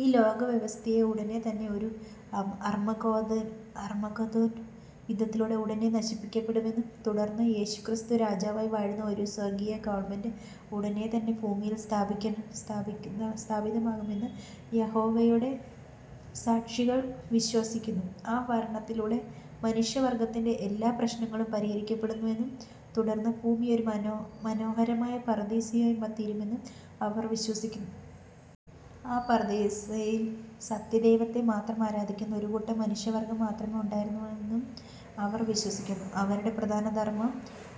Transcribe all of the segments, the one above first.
ഈ ലോക വ്യവസ്ഥിതിയെ ഉടനെ തന്നെ ഒരു അർമ്മഗദോൻ യുദ്ധത്തിലൂടെ ഉടനെ നശിപ്പിക്കപ്പെടുമെന്നും, തുടർന്ന് യേശുക്രിസ്തു രാജാവായി വാഴുന്ന ഒരു സ്വർഗീയ ഗവണ്മെന്റ് ഉടനെ തന്നെ ഭൂമിയിൽ സ്ഥാപിതമാകുമെന്ന് യഹോവയുടെ സാക്ഷികൾ വിശ്വസിക്കുന്നു. ആ ഭരണത്തിലൂടെ മനുഷ്യവർഗ്ഗത്തിന്റെ എല്ലാ പ്രശ്നങ്ങളും പരിഹരിക്കപ്പെടുമെന്നും, തുടർന്ന് ഭൂമി ഒരു മനോഹരമായ പറുദീസയായി തീരുമെന്നും അവർ വിശ്വസിക്കുന്നു. ആ പറുദീസയിൽ സത്യദൈവത്തെ മാത്രം ആരാധിക്കുന്ന ഒരു കൂട്ടം മനുഷ്യവർഗ്ഗം മാത്രമേ ഉണ്ടായിരിക്കുകയുള്ളുവെന്നും അവർ വിശ്വസിക്കുന്നു. അവരുടെ പ്രധാന ധർമ്മം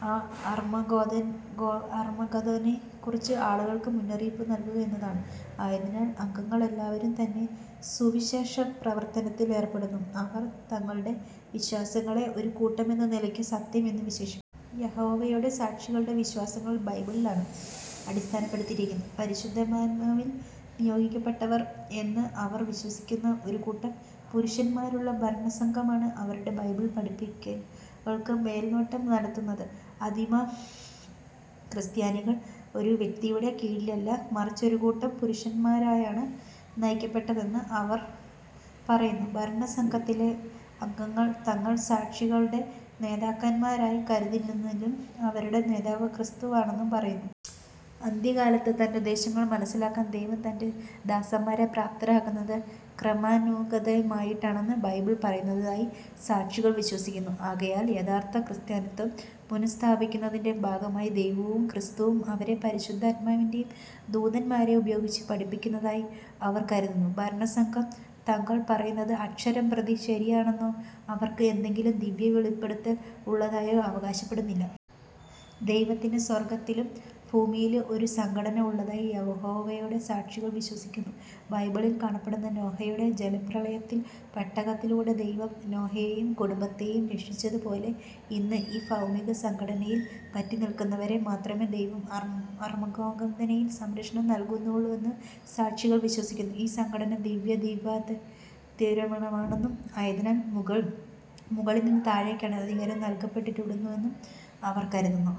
ആ അർമ്മഗദോനെ കുറിച്ച് ആളുകൾക്ക് മുന്നറിയിപ്പു നൽകുക എന്നതാണ്. ആയതിനാൽ അംഗങ്ങൾ എല്ലാവരും തന്നെ സുവിശേഷപ്രവർത്തനത്തിൽ ഏർപ്പെടുന്നു. അവർ തങ്ങളുടെ വിശ്വാസങ്ങളെ ഒരു കൂട്ടമെന്ന നിലയ്ക്ക് "സത്യം" എന്ന് വിശേഷിപ്പിക്കുന്നു. യഹോവയുടെ സാക്ഷികളുടെ വിശ്വാസങ്ങൾ ബൈബിളിലാണ് അടിസ്ഥാനപ്പെടുത്തിയിരിക്കുന്നത്. പരിശുദ്ധാത്മാവിനാൽ നിയോഗിക്കപ്പെട്ടവർ എന്ന് അവർ വിശ്വസിക്കുന്ന ഒരു കൂട്ടം പുരുഷന്മാരാലുള്ള ഭരണസംഘമാണ് അവരുടെ ബൈബിൾ പഠിപ്പിക്കലുകൾക്ക് മേൽനോട്ടം നടത്തുന്നത്. ആദിമ ക്രിസ്ത്യാനികൾ ഒരു വ്യക്തിയുടെ കീഴിലല്ല മറിച്ച് ഒരു കൂട്ടം പുരുഷന്മാരാലാണ് നയിക്കപ്പെട്ടതെന്ന് അവർ പറയുന്നു. ഭരണസംഘത്തിലെ അംഗങ്ങൾ തങ്ങൾ സാക്ഷികളുടെ നേതാക്കന്മാരായി കരുതുന്നില്ലെന്നും, അവരുടെ നേതാവ് ക്രിസ്തുവാണെന്നും പറയുന്നു. അന്ത്യകാലത്ത് തന്റെ ഉദ്ദേശ്യങ്ങൾ മനസ്സിലാക്കാൻ ദൈവം തന്റെ ദാസന്മാരെ പ്രാപ്തരാക്കുന്നത് ക്രമാനുഗതമായിട്ടാണെന്ന് ബൈബിൾ പറയുന്നതായി സാക്ഷികൾ വിശ്വസിക്കുന്നു. ആകയാൽ യഥാർത്ഥ ക്രിസ്ത്യാനിത്വം പുനസ്ഥാപിക്കുന്നതിന്റെ ഭാഗമായി ദൈവവും, ക്രിസ്തുവും അവരെ പരിശുദ്ധാത്മാവിനെയും ദൂതന്മാരെയും ഉപയോഗിച്ച് പഠിപ്പിക്കുന്നതായി അവർ കരുതുന്നു. ഭരണസംഘം തങ്ങൾ പറയുന്നത് അക്ഷരം പ്രതി ശരിയാണെന്നോ അവർക്ക് എന്തെങ്കിലും ദിവ്യ വെളിപ്പെടുത്തൽ ഉള്ളതായോ അവകാശപ്പെടുന്നില്ല. ദൈവത്തിനു സ്വർഗ്ഗത്തിലും ഭൂമിയിലും ഒരു സംഘടന ഉള്ളതായി യഹോവയുടെ സാക്ഷികൾ വിശ്വസിക്കുന്നു. ബൈബിളിൽ കാണപ്പെടുന്ന നോഹയുടെ ജലപ്രളയത്തിൽ പെട്ടകത്തിലൂടെ ദൈവം നോഹയെയും കുടുംബത്തെയും രക്ഷിച്ചതു പോലെ, ഇന്ന് ഈ ഭൗമീക സംഘടനയിൽ പറ്റി നിൽക്കുന്നവരെ മാത്രമേ ദൈവം അർമ്മഗദോനിൽ സംരക്ഷണം നൽകുകയുള്ളുവെന്ന് സാക്ഷികൾ വിശ്വസിക്കുന്നു. ഈ സംഘടന ദിവ്യാദിപത്യപരമാണെന്നും ആയതിനാൽ മുകളിൽ നിന്ന് താഴേക്കാണ് അധികാരം നൽകപ്പെട്ടിരിക്കുന്നതെന്നും അവർ കരുതുന്നു.